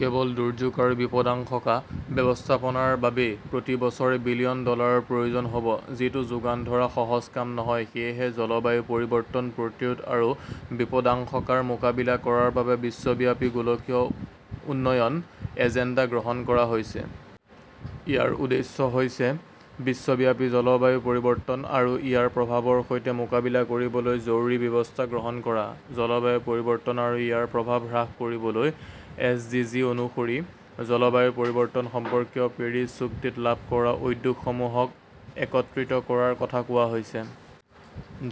কেৱল দুৰ্যোগ আৰু বিপদাশংকা ব্যৱস্থাপনাৰ বাবেই প্ৰতি বছৰে বিলিয়ন ডলাৰৰ প্ৰয়োজন হ’ব, যিটো যোগান ধৰা সহজ কাম নহয়। সেয়েহে জলবায়ু পৰিৱৰ্তন প্ৰতিৰোধ আৰু বিপদাশংকাৰ মোকাবিলা কৰাৰ বাবে বিশ্বব্যাপী ‘গোলকীয় উন্নয়ন এজেণ্ডা’ গ্ৰহণ কৰা হৈছে। ইয়াৰ উদ্দেশ্য হৈছে বিশ্বব্যাপী জলবায়ু পৰিৱৰ্তন আৰু ইয়াৰ প্ৰভাৱৰ সৈতে মোকাবিলা কৰিবলৈ জৰুৰী ব্যৱস্থা গ্ৰহণ কৰা। জলবায়ু পৰিৱৰ্তন আৰু ইয়াৰ প্ৰভাৱ হ্ৰাস কৰিবলৈ এছডিজি অনুসৰি জলবায়ু পৰিৱৰ্তন সম্পৰ্কীয় পেৰিছ চুক্তিত লাভ কৰা উদ্যোগসমূহক একত্ৰিত কৰাৰ কথা কোৱা হৈছে।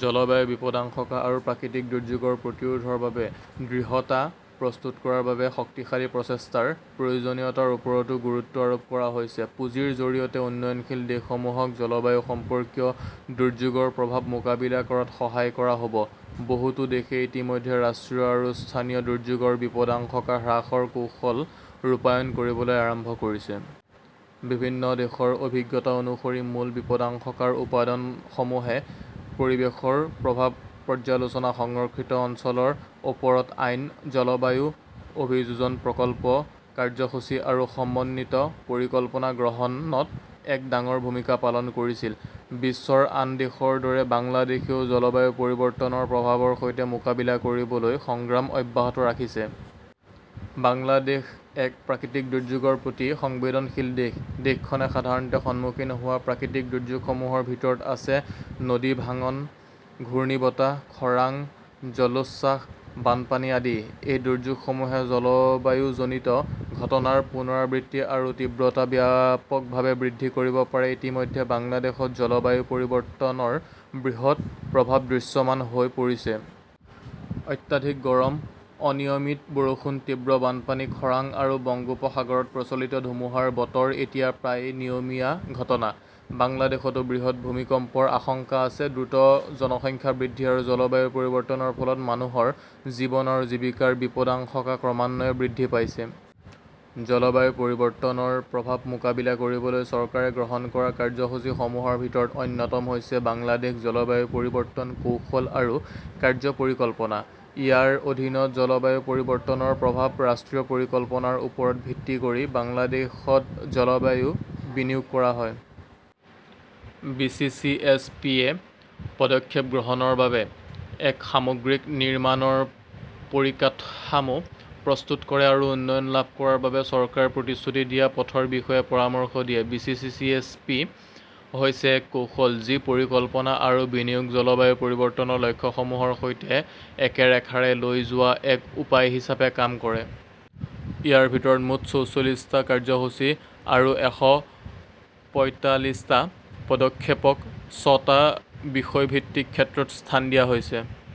জলবায়ু বিপদাশংকা আৰু প্ৰাকৃতিক দুৰ্যোগ প্ৰতিৰোধৰ বাবে দৃঢ়তা প্ৰস্তুত কৰাৰ বাবে শক্তিশালী প্ৰচেষ্টাৰ প্ৰয়োজনীয়তাৰ ওপৰতো গুৰুত্ব আৰোপ কৰা হৈছে। পুঁজিৰ জৰিয়তে উন্নয়নশীল দেশসমূহক জলবায়ু সম্পৰ্কীয় দুৰ্যোগৰ প্ৰভাৱ মোকাবিলা কৰাত সহায় কৰা হ’ব। বহুতো দেশে ইতিমধ্যে ৰাষ্ট্ৰীয় আৰু স্থানীয় দুৰ্যোগৰ বিপদাশংকা হ্ৰাসৰ কৌশল ৰূপায়ণ কৰিবলৈ আৰম্ভ কৰিছে। বিভিন্ন দেশৰ অভিজ্ঞতা অনুসৰি মূল বিপদাশংকাৰ উপাদানসমূহে পৰিৱেশৰ প্ৰভাৱ পৰ্যালোচনা, সংৰক্ষিত অঞ্চলৰ ওপৰত আইন, জলবায়ু অভিযোজন প্ৰকল্প, কাৰ্যসূচী আৰু সমন্বিত পৰিকল্পনা গ্ৰহণত এক ডাঙৰ ভূমিকা পালন কৰিছিল। বিশ্বৰ আন দেশৰ দৰে বাংলাদেশেও জলবায়ু পৰিৱৰ্তনৰ প্ৰভাৱৰ সৈতে মোকাবিলা কৰিবলৈ সংগ্ৰাম অব্যাহত ৰাখিছে। বাংলাদেশ এক প্ৰাকৃতিক দুৰ্যোগৰ প্ৰতি সংবেদনশীল দেশ। দেশখনে সাধাৰণতে সন্মুখীন হোৱা প্ৰাকৃতিক দুৰ্যোগসমূহৰ ভিতৰত আছে নদীভাঙন, ঘূৰ্ণীবতাহ, খৰাং, জলোচ্ছ্বাস, বানপানী আদি। এই দুৰ্যোগসমূহে জলবায়ুজনিত ঘটনাৰ পুনৰাবৃত্তি আৰু তীব্ৰতা ব্যাপকভাৱে বৃদ্ধি কৰিব পাৰে। ইতিমধ্যে বাংলাদেশত জলবায়ু পৰিৱৰ্তনৰ বৃহৎ প্ৰভাৱ দৃশ্যমান হৈ পৰিছে। অত্যধিক গৰম, অনিয়মিত বৰষুণ, তীব্ৰ বানপানী, খৰাং আৰু বংগোপসাগৰত প্ৰচলিত ধুমুহাৰ বতৰ এতিয়া প্ৰায়ে নিয়মীয়া ঘটনা। বাংলাদেশতো বৃহৎ ভূমিকম্পৰ আশংকা আছে। দ্ৰুত জনসংখ্যা বৃদ্ধি আৰু জলবায়ু পৰিৱৰ্তনৰ ফলত মানুহৰ জীৱন আৰু জীৱিকাৰ বিপদাশংকা ক্ৰমান্বয়ে বৃদ্ধি পাইছে। জলবায়ু পৰিৱৰ্তনৰ প্ৰভাৱ মোকাবিলা কৰিবলৈ চৰকাৰে গ্ৰহণ কৰা কাৰ্যসূচীসমূহৰ ভিতৰত অন্যতম হৈছে ‘বাংলাদেশ জলবায়ু পৰিৱৰ্তন কৌশল আৰু কাৰ্য্য পৰিকল্পনা’। ইয়াৰ অধীনত জলবায়ু পৰিৱৰ্তনৰ প্ৰধান ৰাষ্ট্ৰীয় পৰিকল্পনাৰ ওপৰত ভিত্তি কৰি বাংলাদেশত জলবায়ু বিনিয়োগ কৰা হয়। বি.চি.চি.এছ.পি.-য়ে পদক্ষেপ গ্ৰহণৰ বাবে এক সামগ্ৰিক নিৰ্মাণৰ পৰিকাঠামো প্ৰস্তুত কৰে আৰু উন্নয়ন লাভ কৰাৰ বাবে চৰকাৰে প্ৰতিশ্ৰুতি দিয়া পথৰ বিষয়ে পৰামৰ্শ দিয়ে। বি.চি.চি.এছ.পি. হৈছে এক কৌশল, যি পৰিকল্পনা আৰু বিনিয়োগক জলবায়ু পৰিৱৰ্তনৰ লক্ষ্যসমূহৰ সৈতে একে ৰেখাৰে লৈ যোৱাৰ এক উপায় হিচাপে কাম কৰে। ইয়াৰ ভিতৰত মুঠ চৌচল্লিশটা কাৰ্যসূচী আৰু এশ পঁয়তাল্লিশটা পদক্ষেপক ছটা বিষয়ভিত্তিক ক্ষেত্ৰত স্থান দিয়া হৈছে।